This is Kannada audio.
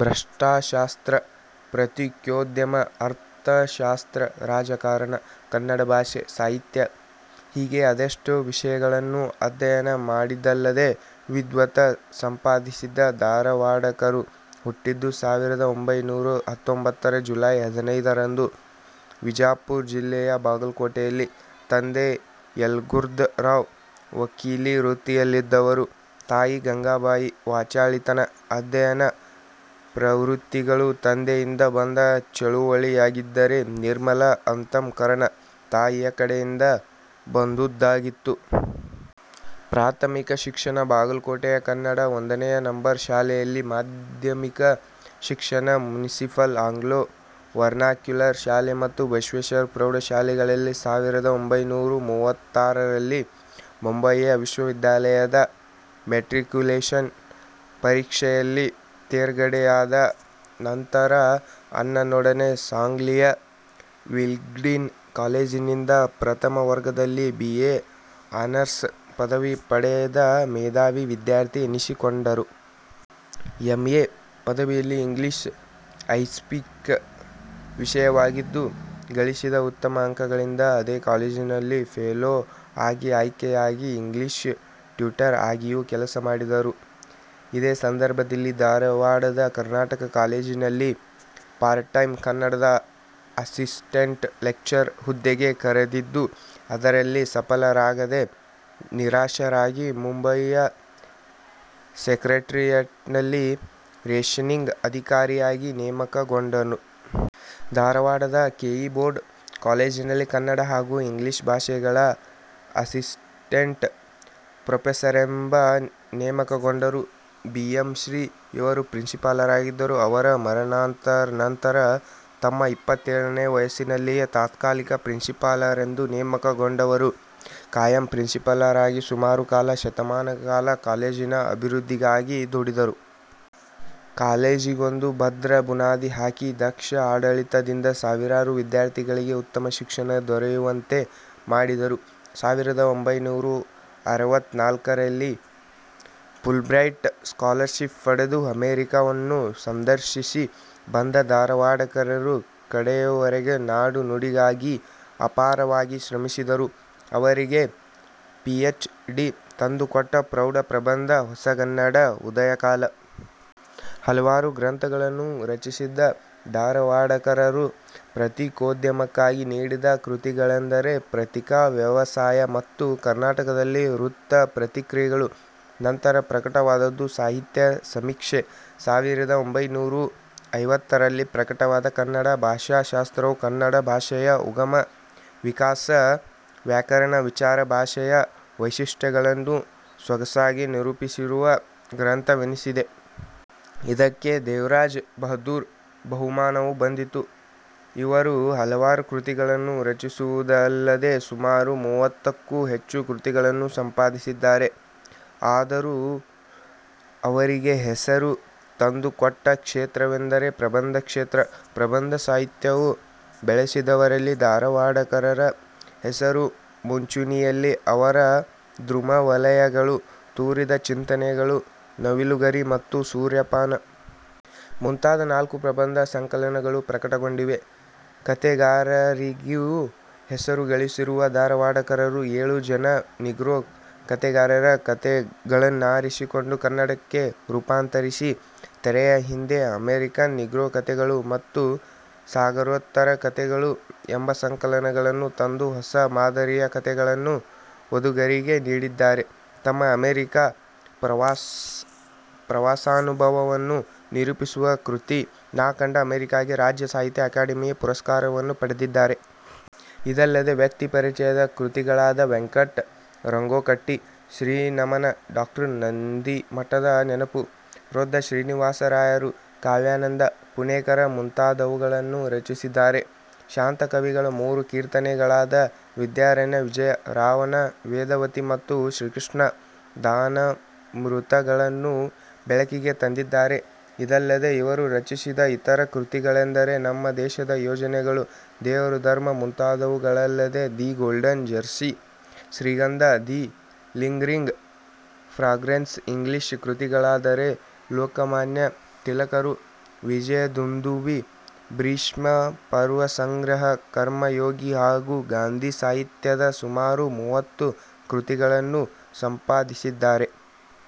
ಭಾಷಾಶಾಸ್ತ್ರ, ಪತ್ರಿಕೋದ್ಯಮ, ಅರ್ಥಶಾಸ್ತ್ರ, ರಾಜಕಾರಣ, ಕನ್ನಡಭಾಷೆ, ಸಾಹಿತ್ಯ ಹೀಗೆ ಅದೆಷ್ಟೋ ವಿಷಯಗಳನ್ನೂ ಅಧ್ಯಯನ ಮಾಡಿದ್ದಲ್ಲದೆ ವಿದ್ವತ್ ಸಂಪಾದಿಸಿದ್ದ ಧಾರವಾಡಕರರು ಹುಟ್ಟಿದ್ದು ಸಾವಿರದ ಒಂಬೈನೂರಾ ಹತ್ತೊಂಬತ್ತರ ಜುಲೈ ಹದಿನೈದರಂದು ವಿಜಾಪುರ ಜಿಲ್ಲೆಯ ಬಾಗಲಕೋಟೆಯಲ್ಲಿ. ತಂದೆ ಯಲಗುರ್ದರಾವ್ ವಕೀಲಿ ವೃತ್ತಿಯಲ್ಲಿದ್ದವರು, ತಾಯಿ ಗಂಗಾಬಾಯಿ. ವಾಚಾಳಿತನ, ಅಧ್ಯಯನ ಪ್ರವೃತ್ತಿಗಳು ತಂದೆಯಿಂದ ಬಂದ ಬಳುವಳಿಯಾಗಿದ್ದರೆ ನಿರ್ಮಲ ಅಂತಃಕರಣ, ತಾಯಿಯ ಕಡೆಯಿಂದ ಬಂದುದಾಗಿತ್ತು. ಪ್ರಾಥಮಿಕ ಶಿಕ್ಷಣ ಬಾಗಲಕೋಟೆಯ ಕನ್ನಡ ಒಂದನೆಯ ನಂಬರ್ ಶಾಲೆಯಲ್ಲಿ. ಮಾಧ್ಯಮಿಕ ಶಿಕ್ಷಣ ಮುನಿಸಿಪಲ್ ಆಂಗ್ಲೋ ವರ್ನಾಕ್ಯುಲರ್ ಶಾಲೆ ಮತ್ತು ಬಸವೇಶ್ವರ ಪ್ರೌಢಶಾಲೆಗಳಲ್ಲಿ. ಸಾವಿರದ ಒಂಬೈನೂರಾ ಮೂವತ್ತಾರರಲ್ಲಿ ಮುಂಬಯಿಯ ವಿಶ್ವವಿದ್ಯಾಲಯದ ಮೆಟ್ರಿಕ್ಯುಲೇಷನ್ ಪರೀಕ್ಷೆಯಲ್ಲಿ ತೇರ್ಗಡೆಯಾದ ನಂತರ ಅಣ್ಣನೊಡನೆ ಸಾಂಗ್ಲಿಯ ವಿಲ್ಲಿಂಗ್ಡನ್ ಕಾಲೇಜಿನಿಂದ ಪ್ರಥಮವರ್ಗದಲ್ಲಿ ಬಿ. ಎ. ಆನರ್ಸ್ ಪದವಿ ಪಡೆದ ಮೇಧಾವಿ ವಿದ್ಯಾರ್ಥಿ ಎನಿಸಿಕೊಂಡಿದ್ದರು. ಎಂ. ಎ. ಪದವಿಯಲ್ಲಿ ಇಂಗ್ಲಿಷ್ ಐಚ್ಛಿಕ ವಿಷಯವಾಗಿದ್ದು, ಗಳಿಸಿದ ಉತ್ತಮ ಅಂಕಗಳಿಂದ ಅದೇ ಕಾಲೇಜಿನ ಫೆಲೊ ಆಗಿ ಆಯ್ಕೆಯಾಗಿ ಇಂಗ್ಲಿಷ್ ಟ್ಯೂಟರ್ ಆಗಿಯೂ ಕೆಲಸ ಮಾಡಿದರು. ಇದೇ ಸಂದರ್ಭದಲ್ಲಿ ಧಾರವಾಡದ ಕರ್ನಾಟಕ ಕಾಲೇಜಿನಲ್ಲಿ ಪಾರ್ಟಟೈಂ ಕನ್ನಡದ ಅಸಿಸ್ಟೆಂಟ್ ಲೆಕ್ಚರರ್ ಹುದ್ದೆಗೆ ಕರೆದಿದ್ದು ಅದರಲ್ಲಿ ಸಫಲರಾಗದೆ ನಿರಾಶರಾಗಿ ಮುಂಬಯಿಯ ಸೆಕ್ರಟರಿಯೆಟ್ನಲ್ಲಿ ರೇಷನಿಂಗ್ ಅಧಿಕಾರಿಯಾಗಿ ನೇಮಕಗೊಂಡರು. ಧಾರವಾಡದ ಕೆ. ಇ. ಬೋರ್ಡ್ ಕಾಲೇಜಿನಲ್ಲಿ ಕನ್ನಡ ಹಾಗೂ ಇಂಗ್ಲಿಷ್ ಭಾಷೆಗಳ ಅಸಿಸ್ಟೆಂಟ್ ಪ್ರೊಫೆಸರೆಂದು ನೇಮಕಗೊಂಡರು. ಬಿ. ಎಂ. ಶ್ರೀ. ಯವರು ಪ್ರಿನ್ಸಿಪಾಲರಾಗಿದ್ದು ಅವರ ಮರಣಾನಂತರ ತಮ್ಮ ಇಪ್ಪತ್ತೇಳನೆಯ ವಯಸ್ಸಿನಲ್ಲಿಯೇ ತಾತ್ಕಾಲಿಕ ಪ್ರಿನ್ಸಿಪಾಲರೆಂದು ನೇಮಕಗೊಂಡವರು ಖಾಯಂ ಪ್ರಿನ್ಸಿಪಾಲರಾಗಿ ಸುಮಾರು ಕಾಲು ಶತಮಾನಗಳ ಕಾಲ ಕಾಲೇಜಿನ ಅಭಿವೃದ್ಧಿಗಾಗಿ ದುಡಿದರು. ಕಾಲೇಜಿಗೊಂದು ಭದ್ರ ಬುನಾದಿ ಹಾಕಿ, ದಕ್ಷ ಆಡಳಿತದಿಂದ ಸಾವಿರಾರು ವಿದ್ಯಾರ್ಥಿಗಳಿಗೆ ಉತ್ತಮ ಶಿಕ್ಷಣ ದೊರೆಯುವಂತೆ ಮಾಡಿದರು. ಸಾವಿರದ ಒಂಬೈನೂರಾ ಅರವತ್ತ ನಾಲ್ಕರಲ್ಲಿ ಫುಲ್ಬ್ರೈಟ್ ಸ್ಕಾಲರ್ ಶಿಪ್ ಪಡೆದು ಅಮೆರಿಕಾವನ್ನು ಸಂದರ್ಶಿಸಿ ಬಂದ ಧಾರವಾಡಕರರು ಕಡೆಯವರೆಗೂ ನಾಡು ನುಡಿಗಾಗಿ ಅಪಾರವಾಗಿ ಶ್ರಮಿಸಿದರು. ಅವರಿಗೆ ಪಿಎಚ್. ಡಿ. ತಂದು ಕೊಟ್ಟ ಪ್ರೌಢ ಪ್ರಬಂಧ ಹೊಸಗನ್ನಡ ಉದಯಕಾಲ. ಹಲವಾರು ಗ್ರಂಥಗಳನ್ನು ರಚಿಸಿದ್ದ ಧಾರವಾಡಕರರು ಪತ್ರಿಕೋದ್ಯಮಕ್ಕಾಗಿ ನೀಡಿದ ಕೃತಿಗಳೆಂದರೆ ಪತ್ರಿಕಾ ವ್ಯವಸಾಯ, ಮತ್ತು ಕರ್ನಾಟಕದಲ್ಲಿ ವೃತ್ತ ಪತ್ರಿಕೆಗಳು. ನಂತರ ಪ್ರಕಟವಾದದ್ದು ಸಾಹಿತ್ಯ ಸಮೀಕ್ಷೆ. ಸಾವಿರದ ಒಂಬೈನೂರಾ ಐವತ್ತರಲ್ಲಿ ಪ್ರಕಟವಾದ ಕನ್ನಡ ಭಾಷಾ ಶಾಸ್ತ್ರವು ಕನ್ನಡ ಭಾಷೆಯ ಉಗಮ, ವಿಕಾಸ, ವ್ಯಾಕರಣ ವಿಚಾರ, ಭಾಷೆಯ ವೈಶಿಷ್ಟ್ಯಗಳನ್ನೂ ಸೊಗಸಾಗಿ ನಿರೂಪಿಸಿರುವ ಗ್ರಂಥವೆನಿಸಿದೆ. ಇದಕ್ಕೆ ದೇವರಾಜ ಬಹದ್ದೂರ್ ಬಹುಮಾನವೂ ಬಂದಿತು. ಇವರು ಹಲವಾರು ಕೃತಿಗಳನ್ನೂ ರಚಿಸಿರುವುದಲ್ಲದೆ ಸುಮಾರು ಮೂವತ್ತಕ್ಕೂ ಹೆಚ್ಚು ಕೃತಿಗಳನ್ನೂ ಸಂಪಾದಿಸಿದ್ದಾರೆ. ಆದರೂ ಅವರಿಗೆ ಹೆಸರು ತಂದು ಕೊಟ್ಟ ಕ್ಷೇತ್ರವೆಂದರೆ ಪ್ರಬಂದ ಕ್ಷೇತ್ರ. ಪ್ರಬಂಧ ಸಾಹಿತ್ಯವನ್ನೂ ಬೆಳೆಸಿದವರಲ್ಲಿ ಧಾರವಾಡಕರರ ಹೆಸರು ಮುಂಚೂಣಿಯಲ್ಲಿದೆ. ಅವರ ಧೂಮ್ರವಲಯಗಳು, ತೂರಿದ ಚಿಂತನೆಗಳು, ನವಿಲುಗರಿ ಮತ್ತು ಸೂರ್ಯಪಾನ. ಮುಂತಾದ ನಾಲ್ಕು ಪ್ರಬಂಧ ಸಂಕಲನಗಳು ಪ್ರಕಟಗೊಂಡಿವೆ. ಕತೆಗಾರರಾಗಿಯೂ ಹೆಸರು ಗಳಿಸಿರುವ ಧಾರವಾಡಕರರು ಏಳು ಜನ ನಿಗ್ರೋ ಕತೆಗಾರರ ಕತೆಗಳನ್ನಾರಿಸಿಕೊಂಡು ಕನ್ನಡಕ್ಕೆ ರೂಪಾಂತರಿಸಿ ತೆರೆಯ ಹಿಂದೆ ಅಮೆರಿಕನ್ ನಿಗ್ರೋ ಕಥೆಗಳು ಮತ್ತು ಸಾಗರೋತ್ತರ ಕಥೆಗಳು ಎಂಬ ಸಂಕಲನಗಳನ್ನು ತಂದು ಹೊಸ ಮಾದರಿಯ ಕತೆಗಳನ್ನು ಓದುಗರಿಗೆ ನೀಡಿದ್ದಾರೆ. ತಮ್ಮ ಅಮರಿಕಾ ಪ್ರವಾಸಾನುಭವವನ್ನೂ ನಿರೂಪಿಸುವ ಕೃತಿ ನಾ ಕಂಡ ಅಮರಿಕೆಗೆ ರಾಜ್ಯ ಸಾಹಿತ್ಯ ಅಕಾಡಮಿಯ ಪುರಸ್ಕಾರವನ್ನೂ ಪಡೆದಿದ್ದಾರೆ. ಇದಲ್ಲದೆ ವ್ಯಕ್ತಿ ಪರಿಚಯದ ಕೃತಿಗಳಾದ ವೆಂಕಟ ರಂಗೋಕಟ್ಟಿ, ಶ್ರೀನಮನ, ಡಾ. ನಂದಿಮಠರ ನೆನಪು, ರೊದ್ದ ಶ್ರೀನಿವಾಸರಾಯರು, ಕಾವ್ಯಾನಂದ, ಪುಣೇಕರ ಮುಂತಾದವುಗಳನ್ನೂ ರಚಿಸಿದ್ದಾರೆ. ಶಾಂತ ಕವಿಗಳ ಮೂರು ಕೀರ್ತನೆಗಳಾದ ವಿದ್ಯಾರಣ್ಯ ವಿಜಯ, ರಾವಣ ವೇದವತಿ ಮತ್ತು ಶ್ರೀಕೃಷ್ಣ ದಾನಾಮೃತಗಳನ್ನೂ ಬೆಳಕಿಗೆ ತಂದಿದ್ದಾರೆ. ಇದಲ್ಲದೆ ಇವರು ರಚಿಸಿದ ಇತರ ಕೃತಿಗಳೆಂದರೆ ನಮ್ಮ ದೇಶದ ಯೋಜನೆಗಳು, ದೇವರು ಧರ್ಮ, ಮುಂತಾದವುಗಳಲ್ಲದೆ the golden jersey, Shrigandha, the lingering fragrance English ಕೃತಿಗಳಾದರೆ ಲೋಕಮಾನ್ಯ ತಿಲಕರು, ವಿಜಯದುಂದುಭಿ, ಭೀಷ್ಮಪರ್ವಸಂಗ್ರಹ, ಕರ್ಮಯೋಗಿ ಹಾಗೂ ಗಾಂಧಿಸಾಹಿತ್ಯದ ಸುಮಾರು ಮೂವತ್ತು ಕೃತಿಗಳನ್ನೂ ಸಂಪಾದಿಸಿದ್ದಾರೆ.